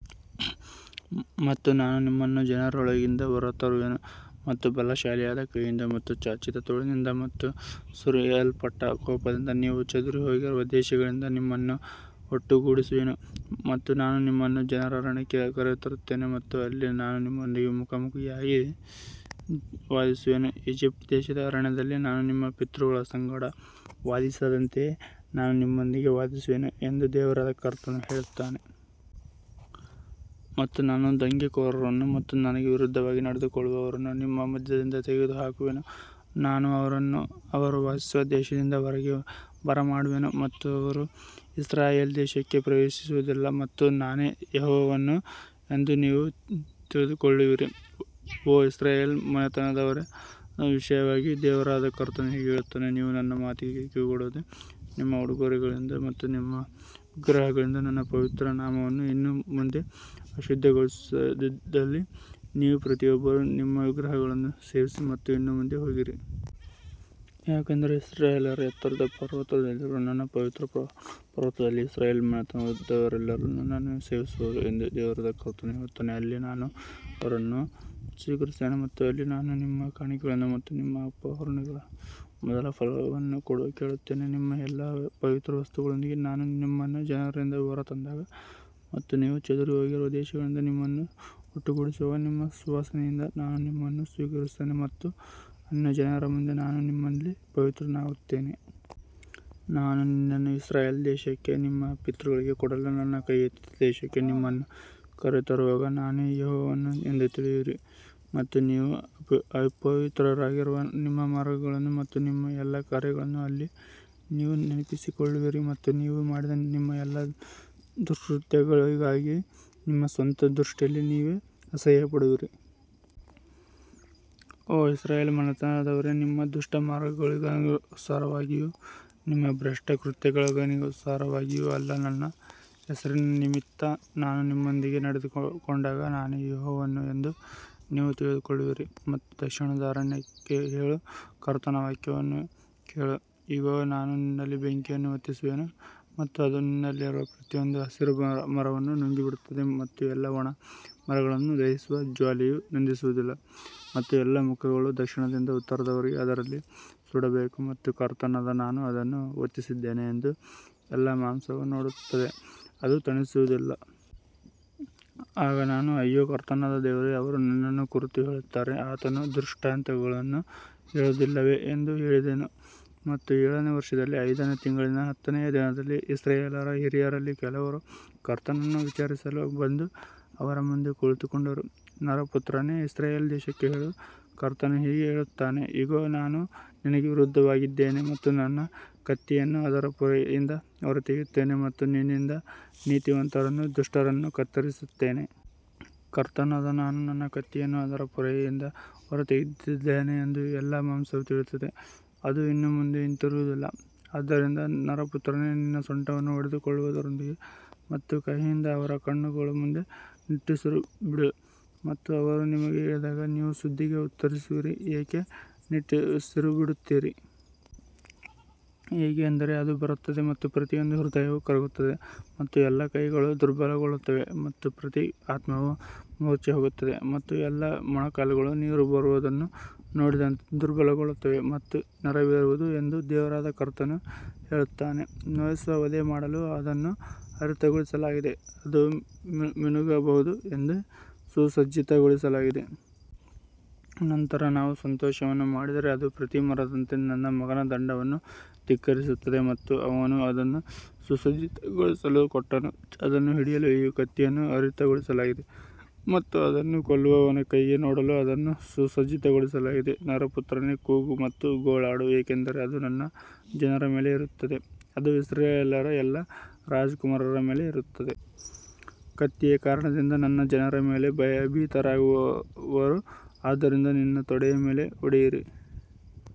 ಮತ್ತು ನಾನು ನಿಮ್ಮನ್ನು ಜನರೊಳಗಿಂದ ಹೊರತರುವೆನು ಮತ್ತು ಬಲಶಾಲಿಯಾದ ಕೈಯಿಂದ ಮತ್ತು ಚಾಚಿದ ತೋಳಿನಿಂದ ಮತ್ತು ಸುರಿಯಲ್ಪಟ್ಟ ಕೋಪದಿಂದ ನೀವು ಚದುರಿಹೋಗಿರುವ ದೇಶಗಳಿಂದ ನಿಮ್ಮನ್ನು ಒಟ್ಟುಗೂಡಿಸುವೆನು. ಮತ್ತು ನಾನು ನಿಮ್ಮನ್ನು ಜನರ ಅರಣ್ಯಕ್ಕೆ ಕರೆತರುತ್ತೇನೆ ಮತ್ತು ಅಲ್ಲಿ ನಾನು ನಿಮ್ಮೊಂದಿಗೆ ಮುಖಾಮುಖಿಯಾಗಿ ವಾದಿಸುವೆನು ಈಜಿಪ್ಟ್ ದೇಶದ ಅರಣ್ಯದಲ್ಲಿ ನಾನು ನಿಮ್ಮ ಪಿತೃಗಳ ಸಂಗಡ ವಾದಿಸಿದಂತೆಯೇ ನಾನು ನಿಮ್ಮೊಂದಿಗೆ ವಾದಿಸುವೆನು ಎಂದು ದೇವರಾದ ಕರ್ತನು ಹೇಳುತ್ತಾನೆ. ಮತ್ತು ನಾನು ದಂಗೆಕೋರರನ್ನು ಮತ್ತು ನನಗೆ ವಿರುದ್ಧವಾಗಿ ನಡೆದುಕೊಳ್ಳುವವರನ್ನು ನಿಮ್ಮ ಮಧ್ಯದಿಂದ ತೆಗೆದುಹಾಕುವೆನು, ನಾನು ಅವರನ್ನು ಅವರು ವಾಸಿಸುವ ದೇಶದಿಂದ ಹೊರಗೆ ಬರಮಾಡುವೆನು ಮತ್ತು ಅವರು ಇಸ್ರಾಯೇಲ್ ದೇಶಕ್ಕೆ ಪ್ರವೇಶಿಸುವುದಿಲ್ಲ ಮತ್ತು ನಾನೇ ಯೆಹೋವನು ಎಂದು ನೀವು ತಿಳಿದುಕೊಳ್ಳುವಿರಿ. ಓ ಇಸ್ರಾಯೇಲ್ ಮನೆತನದವರ ವಿಷಯವಾಗಿ, ದೇವರಾದ ಕರ್ತನು ಹೀಗೆ ಹೇಳುತ್ತಾನೆ, ನೀವು ನನ್ನ ಮಾತಿಗೆ ಕಿವಿಗೊಡದೆ ನಿಮ್ಮ ಉಡುಗೊರೆಗಳಿಂದ ಮತ್ತು ನಿಮ್ಮ ವಿಗ್ರಹಗಳಿಂದ ನನ್ನ ಪವಿತ್ರ ನಾಮವನ್ನು ಇನ್ನು ಮುಂದೆ ಅಶುದ್ಧಗೊಳಿಸದಿದ್ದಲ್ಲಿ ನೀವು ಪ್ರತಿಯೊಬ್ಬರೂ ನಿಮ್ಮ ವಿಗ್ರಹಗಳನ್ನು ಸೇವಿಸಿ ಮತ್ತು ಇನ್ನು ಮುಂದೆ ಹೋಗಿರಿ. ಯಾಕಂದರೆ ಇಸ್ರಾಯೇಲ್ಯರ ಎತ್ತರದ ಪರ್ವತದಲ್ಲಿರುವ ನನ್ನ ಪವಿತ್ರ ಪರ್ವತದಲ್ಲಿ ಇಸ್ರಾಯೇಲ್ ಮನೆತನದವರೆಲ್ಲರೂ ನನ್ನನ್ನು ಸೇವಿಸುವರು ಎಂದು ದೇವರಾದ ಕರ್ತನು ಹೇಳುತ್ತಾನೆ, ಅಲ್ಲಿ ನಾನು ಅವರನ್ನು ಸ್ವೀಕರಿಸುತ್ತೇನೆ ಮತ್ತು ಅಲ್ಲಿ ನಾನು ನಿಮ್ಮ ಕಾಣಿಕೆಗಳನ್ನು ಮತ್ತು ನಿಮ್ಮ ಅರ್ಪಣೆಗಳ ಮೊದಲ ಫಲವನ್ನು ಕೇಳುತ್ತೇನೆ. ನಿಮ್ಮ ಎಲ್ಲಾ ಪವಿತ್ರ ವಸ್ತುಗಳೊಂದಿಗೆ ನಾನು ನಿಮ್ಮನ್ನು ಜನರಿಂದ ಹೊರತಂದಾಗ ಮತ್ತು ನೀವು ಚದುರಿಹೋಗಿರುವ ದೇಶಗಳಿಂದ ನಿಮ್ಮನ್ನು ಒಟ್ಟುಗೂಡಿಸುವಾಗ ನಿಮ್ಮ ಸುವಾಸನೆಯಿಂದ ನಾನು ನಿಮ್ಮನ್ನು ಸ್ವೀಕರಿಸುತ್ತೇನೆ ಮತ್ತು ಅನ್ಯಜನರ ಮುಂದೆ ನಾನು ನಿಮ್ಮಲ್ಲಿ ಪವಿತ್ರನಾಗುತ್ತೇನೆ. ನಾನು ನಿನ್ನನ್ನು ಇಸ್ರಾಯೇಲ್ ದೇಶಕ್ಕೆ ನಿಮ್ಮ ಪಿತೃಗಳಿಗೆ ಕೊಡಲು ನನ್ನ ಕೈ ಎತ್ತಿದ ದೇಶಕ್ಕೆ ನಿಮ್ಮನ್ನು ಕರೆತರುವಾಗ ನಾನೇ ಯೆಹೋವನು ಎಂದು ತಿಳಿಯುವಿರಿ. ಮತ್ತು ನೀವು ಅಪವಿತ್ರರಾಗಿರುವ ನಿಮ್ಮ ಮಾರ್ಗಗಳನ್ನು ಮತ್ತು ನಿಮ್ಮ ಎಲ್ಲಾ ಕಾರ್ಯಗಳನ್ನು ಅಲ್ಲಿ ನೀವು ನೆನಪಿಸಿಕೊಳ್ಳುವಿರಿ ಮತ್ತು ನೀವು ಮಾಡಿದ ನಿಮ್ಮ ಎಲ್ಲಾ ದುಷ್ಕೃತ್ಯಗಳಿಗಾಗಿ ನಿಮ್ಮ ಸ್ವಂತ ದೃಷ್ಟಿಯಲ್ಲಿ ನೀವೇ ಅಸಹ್ಯಪಡುವಿರಿ. ಓ ಇಸ್ರಾಯೇಲ್ ಮನೆತನದವರೇ, ನಿಮ್ಮ ದುಷ್ಟ ಮಾರ್ಗಗಳಿಗನುಸಾರವಾಗಿಯೂ ನಿಮ್ಮ ಭ್ರಷ್ಟ ಕೃತ್ಯಗಳಿಗನುಸಾರವಾಗಿಯೂ ಅಲ್ಲ, ನನ್ನ ಹೆಸರಿನ ನಿಮಿತ್ತ ನಾನು ನಿಮ್ಮೊಂದಿಗೆ ನಡೆದುಕೊಂಡಾಗ ನಾನೇ ಯೆಹೋವನು ಎಂದು ನೀವು ತಿಳಿದುಕೊಳ್ಳುವಿರಿ. ಮತ್ತು ದಕ್ಷಿಣದ ಅರಣ್ಯಕ್ಕೆ ಹೇಳು, ಕರ್ತನ ವಾಕ್ಯವನ್ನು ಕೇಳು. ಇಗೋ, ನಾನು ನಿನ್ನಲ್ಲಿ ಬೆಂಕಿಯನ್ನು ಹೊತ್ತಿಸುವೆನು ಮತ್ತು ಅದು ನಿನ್ನಲ್ಲಿರುವ ಪ್ರತಿಯೊಂದು ಹಸಿರು ಮರವನ್ನು ನುಂಗಿಬಿಡುತ್ತದೆ ಮತ್ತು ಎಲ್ಲಾ ಒಣ ಮರಗಳನ್ನು ದಹಿಸುವ ಜ್ವಾಲೆಯು ನಂದಿಸುವುದಿಲ್ಲ ಮತ್ತು ಎಲ್ಲಾ ಮುಖಗಳು ದಕ್ಷಿಣದಿಂದ ಉತ್ತರದವರೆಗೆ ಅದರಲ್ಲಿ ಸುಡಬೇಕು ಮತ್ತು ಕರ್ತನಾದ ನಾನು ಅದನ್ನು ಹೊತ್ತಿಸಿದ್ದೇನೆ ಎಂದು ಎಲ್ಲಾ ಮಾಂಸವು ನೋಡುತ್ತದೆ, ಅದು ತಣಿಸುವುದಿಲ್ಲ. ಆಗ ನಾನು ಅಯ್ಯೋ, ಕರ್ತನಾದ ದೇವರೇ, ಅವರು ನನ್ನನ್ನು ಕುರಿತು ಹೇಳುತ್ತಾರೆ, ಆತನು ದೃಷ್ಟಾಂತಗಳನ್ನು ಹೇಳುವುದಿಲ್ಲವೇ ಎಂದು ಹೇಳಿದೆನು. ಮತ್ತು ಏಳನೇ ವರ್ಷದಲ್ಲಿ ಐದನೇ ತಿಂಗಳಿನ ಹತ್ತನೆಯ ದಿನದಲ್ಲಿ ಇಸ್ರಾಯೇಲ್ಯರ ಹಿರಿಯರಲ್ಲಿ ಕೆಲವರು ಕರ್ತನನ್ನು ವಿಚಾರಿಸಲು ಬಂದು ಅವರ ಮುಂದೆ ಕುಳಿತುಕೊಂಡರು. ನರಪುತ್ರನೇ, ಇಸ್ರಾಯೇಲ್ ದೇಶಕ್ಕೆ ಹೇಳು, ಕರ್ತನು ಹೀಗೆ ಹೇಳುತ್ತಾನೆ, ಇಗೋ, ನಾನು ನಿನಗೆ ವಿರುದ್ಧವಾಗಿದ್ದೇನೆ ಮತ್ತು ನನ್ನ ಕತ್ತಿಯನ್ನು ಅದರ ಪೊರೆಯಿಂದ ಹೊರತೆಗೆಯುತ್ತೇನೆ ಮತ್ತು ನಿನ್ನಿಂದ ನೀತಿವಂತರನ್ನೂ ದುಷ್ಟರನ್ನೂ ಕತ್ತರಿಸುತ್ತೇನೆ. ಕರ್ತನಾದ ನಾನು ನನ್ನ ಕತ್ತಿಯನ್ನು ಅದರ ಪೊರೆಯಿಂದ ಹೊರತೆಗೆದಿದ್ದೇನೆ ಎಂದು ಎಲ್ಲಾ ಮಾಂಸವು ತಿಳಿಯುತ್ತದೆ, ಅದು ಇನ್ನು ಮುಂದೆ ಹಿಂತಿರುಗುವುದಿಲ್ಲ. ಆದ್ದರಿಂದ ನರಪುತ್ರನೇ, ನಿನ್ನ ಸೊಂಟವನ್ನು ಹೊಡೆದುಕೊಳ್ಳುವುದರೊಂದಿಗೆ ಮತ್ತು ಕಹಿಯಿಂದ ಅವರ ಕಣ್ಣುಗಳ ಮುಂದೆ ನಿಟ್ಟುಸಿರು ಬಿಡು. ಮತ್ತು ಅವರು ನಿಮಗೆ ಹೇಳಿದಾಗ, ನೀವು ಸುದ್ದಿಗೆ ಉತ್ತರಿಸುವಿರಿ, ಏಕೆ ನಿಟ್ಟುಸಿರುಬಿಡುತ್ತೀರಿ? ಏಕೆಂದರೆ ಅದು ಬರುತ್ತದೆ ಮತ್ತು ಪ್ರತಿಯೊಂದು ಹೃದಯವೂ ಕರಗುತ್ತದೆ ಮತ್ತು ಎಲ್ಲಾ ಕೈಗಳು ದುರ್ಬಲಗೊಳ್ಳುತ್ತವೆ ಮತ್ತು ಪ್ರತಿ ಆತ್ಮವೂ ಮೂರ್ಛೆಹೋಗುತ್ತದೆ ಮತ್ತು ಎಲ್ಲಾ ಮೊಣಕಾಲುಗಳು ನೀರು ಬರುವುದನ್ನು ನೋಡಿದಂತೆ ದುರ್ಬಲಗೊಳ್ಳುತ್ತವೆ ಮತ್ತು ನೆರವೇರುವುದು ಎಂದು ದೇವರಾದ ಕರ್ತನು ಹೇಳುತ್ತಾನೆ. ನೋಯಿಸುವ ವಧೆ ಮಾಡಲು ಅದನ್ನು ಹರಿತಗೊಳಿಸಲಾಗಿದೆ, ಅದು ಮಿನುಗಬಹುದು ಎಂದು ಸುಸಜ್ಜಿತಗೊಳಿಸಲಾಗಿದೆ. ನಂತರ ನಾವು ಸಂತೋಷವನ್ನು ಮಾಡಿದರೆ ಅದು ಪ್ರತಿ ಮರದಂತೆ ನನ್ನ ಮಗನ ದಂಡವನ್ನು ಧಿಕ್ಕರಿಸುತ್ತದೆ ಮತ್ತು ಅವನು ಅದನ್ನು ಸುಸಜ್ಜಿತಗೊಳಿಸಲು ಕೊಟ್ಟನು. ಅದನ್ನು ಹಿಡಿಯಲು ಈ ಕತ್ತಿಯನ್ನು ಹರಿತಗೊಳಿಸಲಾಗಿದೆ ಮತ್ತು ಅದನ್ನು ಕೊಲ್ಲುವವನ ಕೈಗೆ ಕೊಡಲು ಅದನ್ನು ಸುಸಜ್ಜಿತಗೊಳಿಸಲಾಗಿದೆ. ನರಪುತ್ರನೇ, ಕೂಗು ಮತ್ತು ಗೋಳಾಡು, ಏಕೆಂದರೆ ಅದು ನನ್ನ ಜನರ ಮೇಲೆ ಇರುತ್ತದೆ, ಅದು ಇಸ್ರಾಯೇಲ್ಯರ ಎಲ್ಲಾ ರಾಜಕುಮಾರರ ಮೇಲೆ ಇರುತ್ತದೆ. ಕತ್ತಿಯ ಕಾರಣದಿಂದ ನನ್ನ ಜನರ ಮೇಲೆ ಭಯಭೀತರಾಗುವರು, ಆದ್ದರಿಂದ ನಿನ್ನ ತೊಡೆಯ ಮೇಲೆ ಹೊಡೆಯಿರಿ.